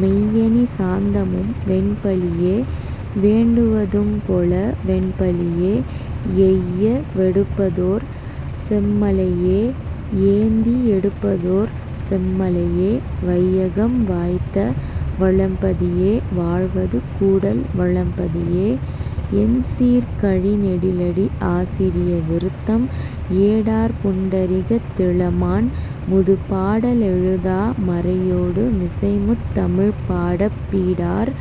மெய்யணி சாந்தமும் வெண்பலியே வேண்டுவ துங்கொள வெண்பலியே எய்ய வெடுப்பதோர் செம்மலையே யேந்தி யெடுப்பதோர் செம்மலையே வையகம் வாய்த்த வளம்பதியே வாழ்வது கூடல் வளம்பதியே. எண்சீர்க் கழிநெடிலடி ஆசிரிய விருத்தம் ஏடார் புண்டரிகத் திளமான் முதுபாட லெழுதா மறையோடு மிசைமுத் தமிழ்பாடப் பீடார்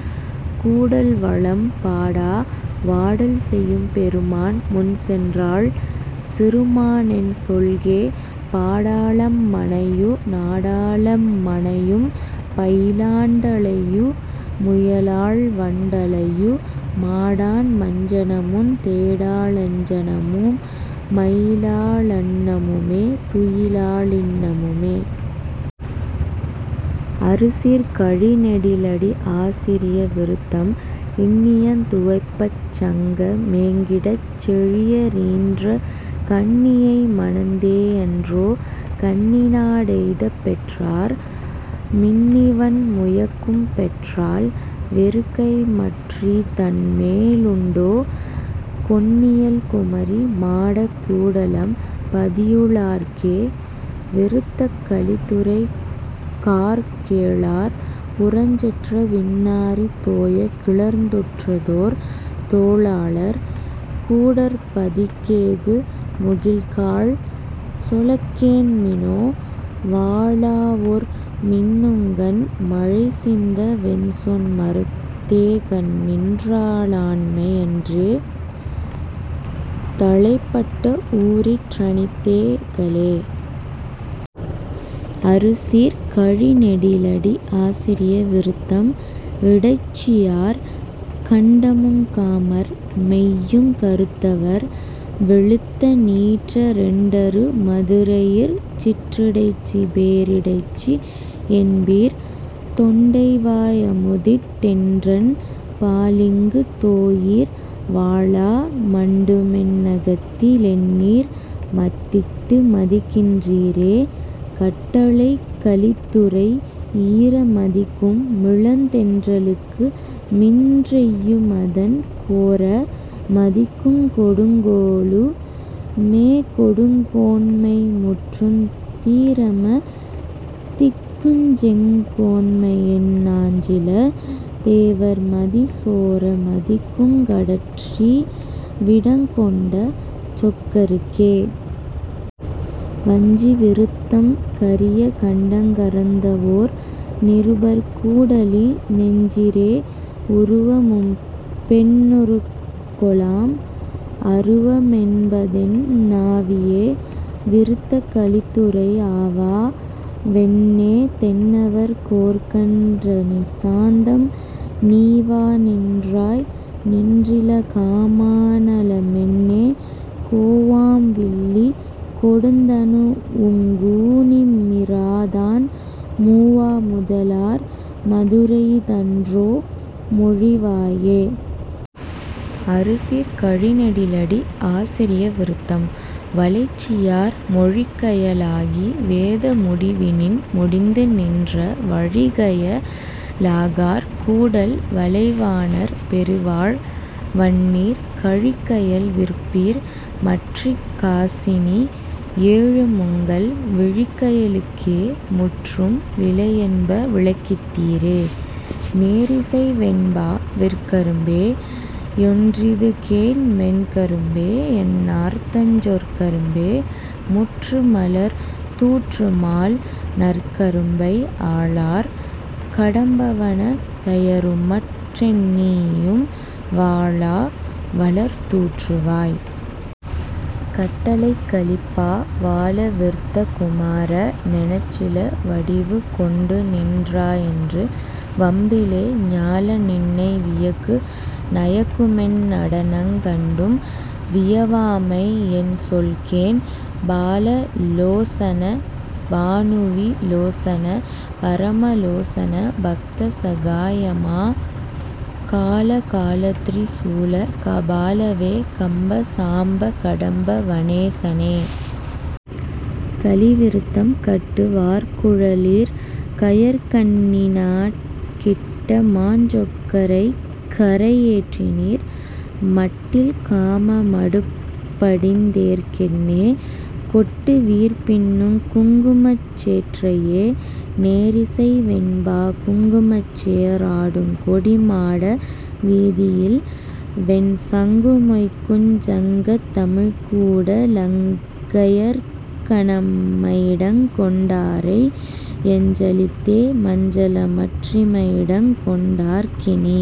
கூடல்வளம் பாடா வாடல்செயும் பெருமான் முன்சென்றாள் சிறுமா னென்சொல்கே பாடா ளம்மனையு நாடா ளெம்மனையும் பயிலா டண்டலையு முயலாள் வண்டலையு மாடாண் மஞ்சனமுந் தேடாளஞ்சனமு மயிலா ளன்னமுமே துயிலா ளின்னமுமே. அறுசீர்க் கழிநெடிலடி ஆசிரிய விருத்தம் இன்னியந் துவைப்பச் சங்க மேங்கிடச் செழிய ரீன்ற கன்னியை மணந்தே யன்றோ கன்னிநா டெய்தப் பெற்றார் மின்னிவண் முயக்கும் பெற்றால் வெறுக்கைமற் றிதன்மே லுண்டோ கொன்னியல் குமரி மாடக் கூடலம் பதியு ளார்க்கே. விருத்தக் கலித்துறை கார் கேளார் புரஞ்செற்ற வின்னாரிதோயக் கிளர்ந்துற்றதோர் தோளாளர் கூடற் பதிக்கேகு முகில்காள் சொலக்கேண்மினோ வாளாவொர் மின்னுங்கண் மழைசிந்த வென்சொன் மறுத்தேகன்மின் றாளாண்மை யன்றே தளைப்பட்ட வூரிற் றனித்தேகலே. அறுசீர்க் கழிநெடிலடி ஆசிரிய விருத்தம் இடைச்சியார் கண்டமுங் காமர் மெய்யுங் கறுத்தவர் வெளுத்த நீற்ற ரெண்டரு மதுரை யிற்சிற் றிடைச்சிபே ரிடைச்சி யென்பீர் தொண்டைவா யமுதிட் டென்றன் பாலிங்குத் தோயீர் வாளா மண்டுமென் னகத்தி லென்னீர் மத்திட்டு மதிக்கின் றீரே. கட்டளைக் கலித்துறை ஈர மதிக்கும் மிளந்தென் றலுக்குமின் றெய்யுமதன் கோர மதிக்குங் கொடுங்கோலு மேகொடுங் கோன்மைமுற்றுந் தீரம திக்குஞ்செங் கோன்மையென் னாஞ்சில தேவர்மதி சோர மதிக்குங் கடற்றீ விடங்கொண்ட சொக்கருக்கே. வஞ்சி விருத்தம் கரிய கண்டங் கரந்தவோர் நிருபர் கூடலி னெஞ்சிரே உருவ மும்பெண் ணுருக்கொலாம் அருவ மென்பதென் னாவியே. விருத்தக் கலித்துறை ஆவா வென்னே தென்னவர் கோற்கன் றணிசாந்தம் நீவா நின்றாய் நின்றில காமா னலமென்னே கோவாம் வில்லி கொடுந்தனு வுங்கூ னிமிராதான் மூவா முதலார் மதுரையி தன்றோ மொழிவாயே. அறுசீர்க் கழிநெடிலடி ஆசிரிய விருத்தம் வலைச்சியார் மொழிக்கய லாகி வேத முடிவினின் முடிந்து நின்ற வழிகய லாகார் கூடல் வலைவாணர் பெருவாழ் வன்னீர் கழிக்கயல் விற்பீர் மற்றிக் காசினி யேழு முங்கள் விழிக்கய லுக்கே முற்றும் விலையென்ப விளக்கிட் டீரே. நேரிசை வெண்பா விற்கரும்பே யொன்றிதுகேண் மென்கரும்பே யன்னார்தஞ் சொற்கரும்பே முற்றுமலர் தூற்றுமால் நற்கரும்பை ஆளார் கடம்பவனத் தையருமற் றென்னீயும் வாளா வலர்தூற்று வாய். கட்டளைக் கலிப்பா வால விர்த்த குமார னெனச்சில வடிவு கொண்டுநின் றாயென்று வம்பிலே ஞால நின்னை வியக்கு நயக்குமென் னடனங் கண்டும் வியவாமை யென்சொல்கேன் பால லோசன பாநுவி லோசன பரம லோசன பக்த சகாயமா கால காலத்ரி சூல கபாலவே கம்ப சாம்ப கடம்ப வனேசனே. கலிவிருத்தம் கட்டு வார்குழ லீர்கயற் கண்ணினாட் கிட்ட மாஞ்சொக்க ரைக்கரை யேற்றினீர் மட்டில் காம மடுப்படிந் தேற்கென்னே கொட்டு வீர்பின்னுங் குங்குமச் சேற்றையே. நேரிசை வெண்பா குங்குமச்சே றாடுங் கொடிமாட வீதியில்வெண் சங்குமொய்க்குஞ் சங்கத் தமிழ்க்கூட லங்கயற்க ணம்மையிடங் கொண்டாரை யஞ்சலித்தே மஞ்சலமற் றிம்மையிடங் கொண்டார்க் கினி.